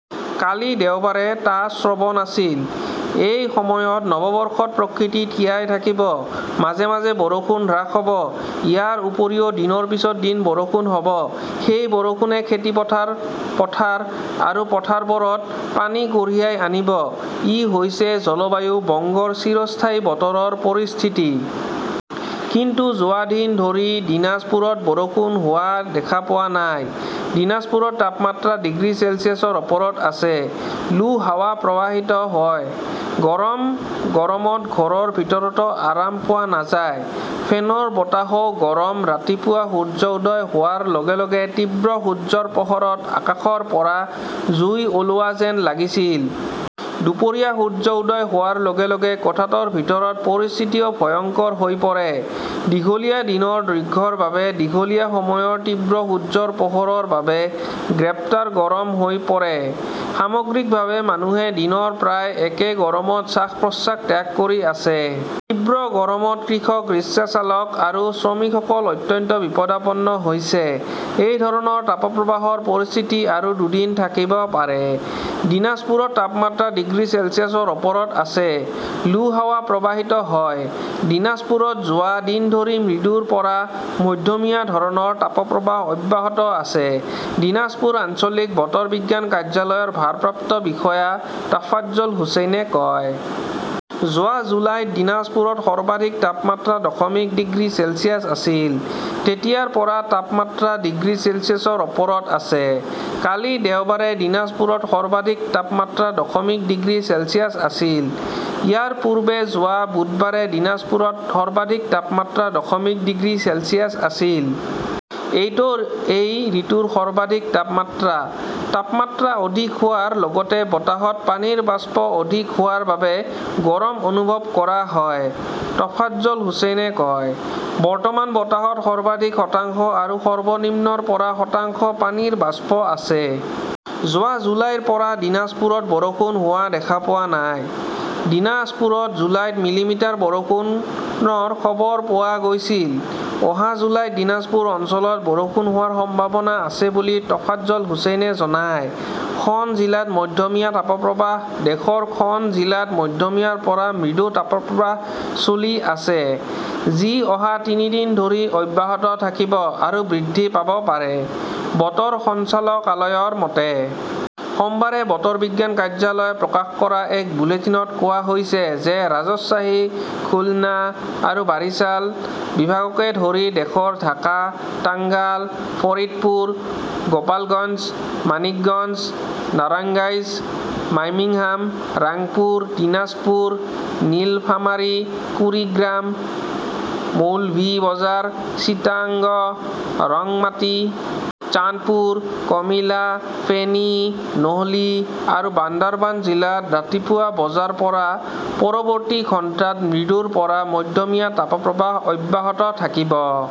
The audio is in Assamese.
কালি দেওবাৰে টা শ্ৰৱণ আছিল। এই সময়ত নৱবৰ্ষত প্ৰকৃতি তিয়াই থাকিব। মাজে মাজে বৰষুণ হ্ৰাস হ "ব। ইয়াৰ উপৰিও দিনৰ পিছত দিন বৰষুণ হ "ব। সেই বৰষুণে খেতি পথাৰ, পথাৰ আৰু পথাৰবোৰত পানী কঢ়িয়াই আনিব-ই হৈছে জলবায়ু বংগৰ চিৰস্থায়ী বতৰৰ পৰিস্থিতি। কিন্তু যোৱা দিন ধৰি দিনাজপুৰত বৰষুণ হোৱা দেখা পোৱা নাই। দিনাজপুৰত তাপমাত্ৰা ডিগ্ৰী চেলছিয়াছৰ ওপৰত আছে। লু হাৱা প্ৰবাহিত হয়। গৰম গৰমত ঘৰৰ ভিতৰতো আৰাম পোৱা নাযায়। ফেনৰ বতাহও গৰম। ৰাতিপুৱা সূৰ্য উদয় হোৱাৰ লগে লগে তীব্ৰ সূৰ্যৰ পোহৰত আকাশৰ পৰা জুই ওলোৱা যেন লাগিছিল। দুপৰীয়া সূৰ্য উদয় হোৱাৰ লগে লগে কোঠাটোৰ ভিতৰৰ পৰিস্থিতিও ভয়ংকৰ হৈ পৰে। দীঘলীয়া দিনৰ দৈৰ্ঘ্যৰ বাবে, দীঘলীয়া সময়ৰ তীব্ৰ সূৰ্যৰ পোহৰৰ বাবে গ্ৰেপ্তাৰ গৰম হৈ পৰে। সামগ্ৰিকভাৱে মানুহে দিনৰ প্ৰায় একে গৰমত শ্বাস-প্ৰশ্বাস ত্যাগ কৰি আছে। তীব্ৰ গৰমত কৃষক, ৰিক্সা চালক আৰু শ্ৰমিকসকল অত্যন্ত বিপদাপন্ন হৈছে। এই ধৰণৰ তাপপ্ৰবাহৰ পৰিস্থিতি আৰু দুদিন থাকিব পাৰে। দিনাজপুৰত তাপমাত্ৰা ডিগ্ৰী চেলছিয়াছৰ ওপৰত আছে। লু হাৱা প্ৰবাহিত হয়। দীনাজপুৰত যোৱা দিন ধৰি মৃদুৰ পৰা মধ্যমীয়া ধৰণৰ তাপপ্ৰবাহ অব্যাহত আছে ", দীনাজপুৰ আঞ্চলিক বতৰ বিজ্ঞান কাৰ্যালয়ৰ ভাৰপ্ৰাপ্ত বিষয়া টফাজ্জল হুচেইনে কয়। যোৱা জুলাইত দিনাজপুৰত সৰ্বাধিক তাপমাত্ৰা দশমিক ডিগ্ৰী চেলছিয়াছ আছিল। তেতিয়াৰ পৰা তাপমাত্ৰা ডিগ্ৰী চেলছিয়াছৰ ওপৰত আছে। কালি দেওবাৰে দিনাজপুৰত সৰ্বাধিক তাপমাত্ৰা দশমিক ডিগ্ৰী চেলছিয়াছ আছিল। ইয়াৰ পূৰ্বে যোৱা বুধবাৰে দিনাজপুৰত সৰ্বাধিক তাপমাত্ৰা দশমিক ডিগ্ৰী চেলছিয়াছ আছিল। এইটো এই ঋতুৰ সৰ্বাধিক তাপমাত্ৰা। তাপমাত্ৰা অধিক হোৱাৰ লগতে বতাহত পানীৰ বাষ্প অধিক হোৱাৰ বাবে গৰম অনুভৱ কৰা হয় ", টফাজ্জল হুচেইনে কয়। বৰ্তমান বতাহত সৰ্বাধিক শতাংশ আৰু সৰ্বনিম্ন ৰ পৰা শতাংশ পানীৰ বাষ্প আছে। যোৱা জুলাইৰ পৰা দিনাজপুৰত বৰষুণ হোৱা দেখা পোৱা নাই। দিনাজপুৰত জুলাইত মিলিমিটাৰ বৰষুণৰ খবৰ পোৱা গৈছিল। অহা জুলাইত দিনাজপুৰ অঞ্চলত বৰষুণ হোৱাৰ সম্ভাৱনা আছে বুলি টফাজ্জল হুচেইনে জনায়। খন জিলাত মধ্যমীয়া তাপপ্ৰবাহ দেশৰ খন জিলাত মধ্যমীয়াৰ পৰা মৃদু তাপপ্ৰবাহ চলি আছে, যি অহা তিনি দিন ধৰি অব্যাহত থাকিব আৰু বৃদ্ধি পাব পাৰে, বতৰ বিজ্ঞান সঞ্চালকালয়ৰ মতে। সোমবাৰে বতৰ বিজ্ঞান কাৰ্যালয়ে প্ৰকাশ কৰা এক বুলেটিনত কোৱা হৈছে যে ৰাজশ্বাহী, খুলনা আৰু বাৰিছাল বিভাগকে ধৰি দেশৰ ঢাকা, টাঙ্গাল, ফৰিদপুৰ, গোপালগঞ্জ, মাণিকগঞ্জ, নাৰাঙ্গাইজ, মাইমিংহাম, ৰাংপুৰ, দিনাজপুৰ, নীলফামাৰী, কুৰিগ্ৰাম, মৌলভি বজাৰ, চিটাগং, ৰাংমাটী, চান্দপুৰ, কমিলা, ফেনী, নোহলী আৰু বান্দাৰবান জিলাত ৰাতিপুৱা বজাৰ পৰা পৰৱৰ্তী ঘণ্টাত মৃদুৰ পৰা মধ্যমীয়া তাপপ্ৰবাহ অব্যাহত থাকিব